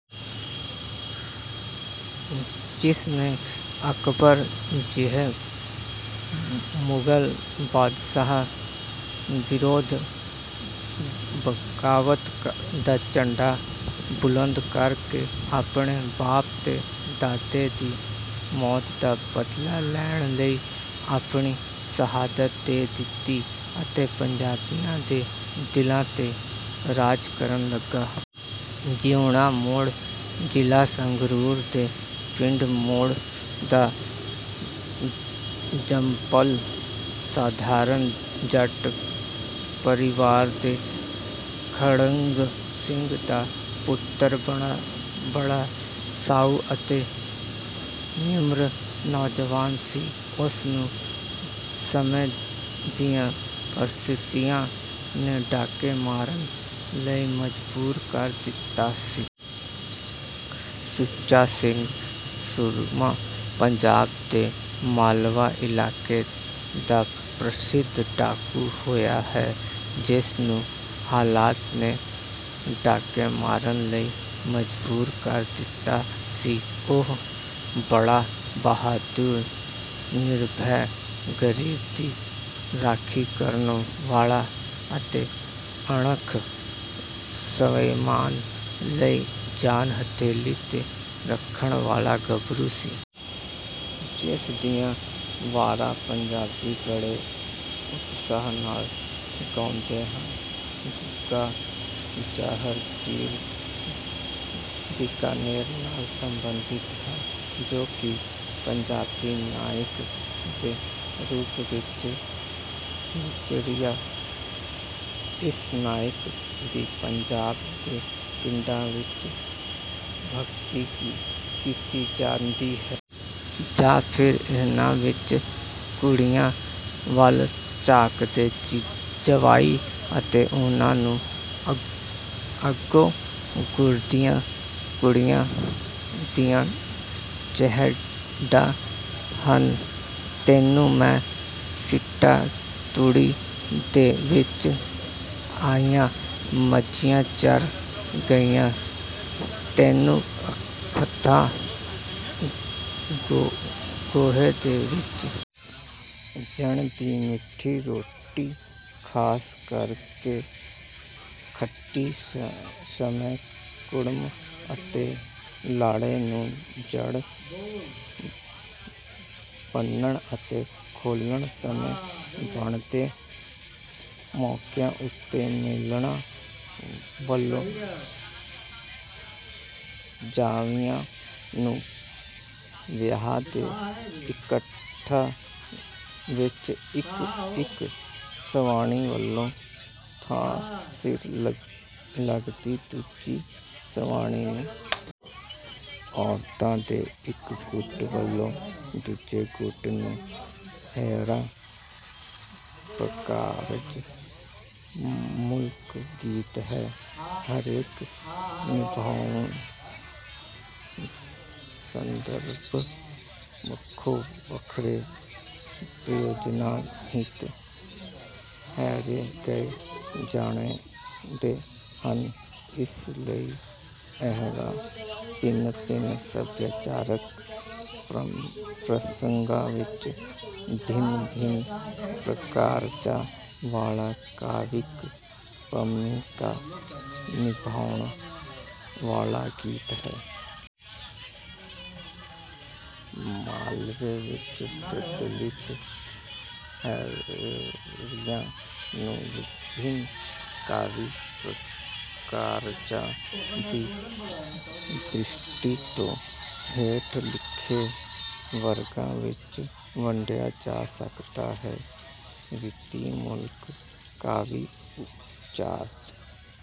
ਜਿਸ ਨੇ ਅਕਬਰ ਜਿਹੇ ਮੁਗਲ ਬਾਦਸ਼ਾਹ ਵਿਰੁੱਧ ਬਗਾਵਤ ਦਾ ਝੰਡਾ ਬੁਲੰਦ ਕਰਕੇ ਆਪਣੇ ਬਾਪ ਤੇ ਦਾਦੇ ਦੀ ਮੌਤ ਦਾ ਬਦਲਾ ਲੈਣ ਲਈ ਆਪਣੀ ਸ਼ਹਾਦਤ ਦੇ ਦਿੱਤੀ ਅਤੇ ਪੰਜਾਬੀਆਂ ਦੇ ਦਿਲਾਂ ਤੇ ਰਾਜ ਕਰਨ ਲੱਗਾ। ਜੀਊਣਾ ਮੋੜ ਜ਼ਿਲ੍ਹਾ ਸੰਗਰੂਰ ਦੇ ਪਿੰਡ ਮੋੜ ਦਾ ਜੰਮਪਲ ਸਾਧਾਰਨ ਜੱਟ ਪਰਿਵਾਰ ਦੇ ਖੜਗ ਸਿੰਘ ਦਾ ਪੁੱਤਰ ਬੜਾ ਸਾਊ ਅਤੇ ਨਿਮਰ ਨੌਜਵਾਨ ਸੀ। ਉਸ ਨੂੰ ਸਮੇਂ ਦੀਆਂ ਪਰਿਸਥਿਤੀਆਂ ਨੇ ਡਾਕੇ ਮਾਰਨ ਲਈ ਮਜਬੂਰ ਕਰ ਦਿੱਤਾ ਸੀ। ਸੁੱਚਾ ਸਿੰਘ ਸੂਰਮਾ ਪੰਜਾਬ ਦੇ ਮਾਲਵਾ ਇਲਾਕੇ ਦਾ ਪ੍ਰਸਿੱਧ ਡਾਕੂ ਹੋਇਆ ਹੈ। ਜਿਸ ਨੂੰ ਹਾਲਾਤ ਨੇ ਡਾਕੇ ਮਾਰਨ ਲਈ ਮਜਬੂਰ ਕਰ ਦਿੱਤਾ ਸੀ। ਉਹ ਬੜਾ ਬਹਾਦੁਰ, ਨਿਰਭੈ, ਗਰੀਬ ਦੀ ਰਾਖੀ ਕਰਨ ਵਾਲਾ ਅਤੇ ਅਣਖ ਸਵੈਮਾਨ ਲਈ ਜਾਨ ਹਥੇਲੀ ਤੇ ਰੱਖਣ ਵਾਲਾ ਗੱਭਰੂ ਸੀ। ਜਿਸ ਦੀਆਂ ਵਾਰਾਂ ਪੰਜਾਬੀ ਬੜੇ ਉਤਸ਼ਾਹ ਨਾਲ ਗਾਉਂਦੇ ਹਨ। ਗੁੱਗਾ ਜ਼ਾਹਰ ਪੀਰ ਬੀਕਾਨੇਰ ਨਾਲ ਸੰਬੰਧਿਤ ਹੈ। ਜੋ ਕਿ ਪੰਜਾਬੀ ਨਾਇਕ ਦੇ ਰੂਪ ਵਿੱਚ ਵਿਚਰਿਆ। ਇਸ ਨਾਇਕ ਦੀ ਪੰਜਾਬ ਦੇ ਪਿੰਡਾਂ ਵਿੱਚ ਭਗਤੀ ਕੀਤੀ ਜਾਂਦੀ ਹੈ। ਜਾਂ ਫਿਰ ਇਹਨਾਂ ਵਿੱਚ ਕੁੜੀਆਂ ਵੱਲ ਝਾਕਦੇ ਜਾਂਞੀਆਂ ਅਤੇ ਉਨ੍ਹਾਂ ਨੂੰ ਅੱਗੋਂ ਘੂਰਦੀਆਂ ਕੁੜੀਆਂ ਦੀਆਂ ਚਹੇਡਾਂ ਹਨ ਤੈਨੂੰ ਮੈਂ ਸਿੱਟਾ ਤੂੜੀ ਦੇ ਵਿੱਚ, ਆਈਆਂ ਮੱਝੀਆਂ ਚਰ ਗਈਆਂ, ਤੈਨੂੰ ਪੱਥਾਂ ਗੋਹੇ ਦੇ ਵਿੱਚ। ਜਣ ਦੀ ਮਿੱਠੀ ਰੋਟੀ ਖ਼ਾਸ ਕਰ ਕੇ ਖੱਟੀ ਸਮੇਂ ਕੁੜਮ ਅਤੇ ਲਾੜੇ ਨੂੰ। ਜਣ ਬੰਨ੍ਹਣ ਅਤੇ ਖੋਲ੍ਹਣ ਸਮੇਂ। ਬਣਦੇ ਮੌਕਿਆਂ ਉੱਤੇ ਮੇਲਣਾਂ ਵੱਲੋਂ ਜਾਂਞੀਆਂ ਨੂੰ। ਵਿਆਹ ਦੇ ਇਕੱਠ ਵਿੱਚ ਇੱਕ ਇੱਕ ਸਵਾਣੀ ਵੱਲੋਂ ਥਾਂ ਸਿਰ ਲੱਗਦੀ ਦੂਜੀ ਸਵਾਣੀ ਨੂੰ। ਔਰਤਾਂ ਦੇ ਇੱਕ ਗੁੱਟ ਵੱਲੋਂ ਦੂਜੇ ਗੁੱਟ ਨੂੰ। ਹੇਅਰਾ, ਪ੍ਰਕਾਰਜ ਮੂਲਕ ਗੀਤ ਹੈ। ਹਰੇਕ ਨਿਭਾਊ ਸੰਦਰਭ ਵੱਖੋ-ਵੱਖਰੇ ਪ੍ਰਯੋਜਨਾਂ ਹਿਤ ਹੇਅਰੇ ਗਾਏ ਜਾਂਦੇ ਹਨ। ਇਸ ਲਈ ਹੇਅਰਾ ਭਿੰਨ-ਭਿੰਨ ਸਭਿਆਚਾਰਕ ਪ੍ਰਸੰਗਾਂ ਵਿੱਚ ਭਿੰਨ-ਭਿੰਨ ਪ੍ਰਕਾਰਜਾਂ ਵਾਲਾ ਕਾਵਿਕ ਭੂਮਿਕਾ ਨਿਭਾਉਣ ਵਾਲਾ ਗੀਤ ਹੈ। ਮਾਲਵੇ ਵਿੱਚ ਪ੍ਰਚਲਿਤ ਹੇਅਰਿਆਂ ਨੂੰ ਵਿਭਿੰਨ ਕਾਵਿ ਪ੍ਰਕਾਰਜਾਂ ਦੀ ਦ੍ਰਿਸ਼ਟੀ ਤੋਂ ਹੇਠ ਲਿਖੇ ਵਰਗਾਂ ਵਿੱਚ ਵੰਡਿਆ ਜਾ ਸਕਦਾ ਹੈ: ਰੀਤੀ ਮੂਲਕ ਕਾਵਿ-ਉਚਾਰ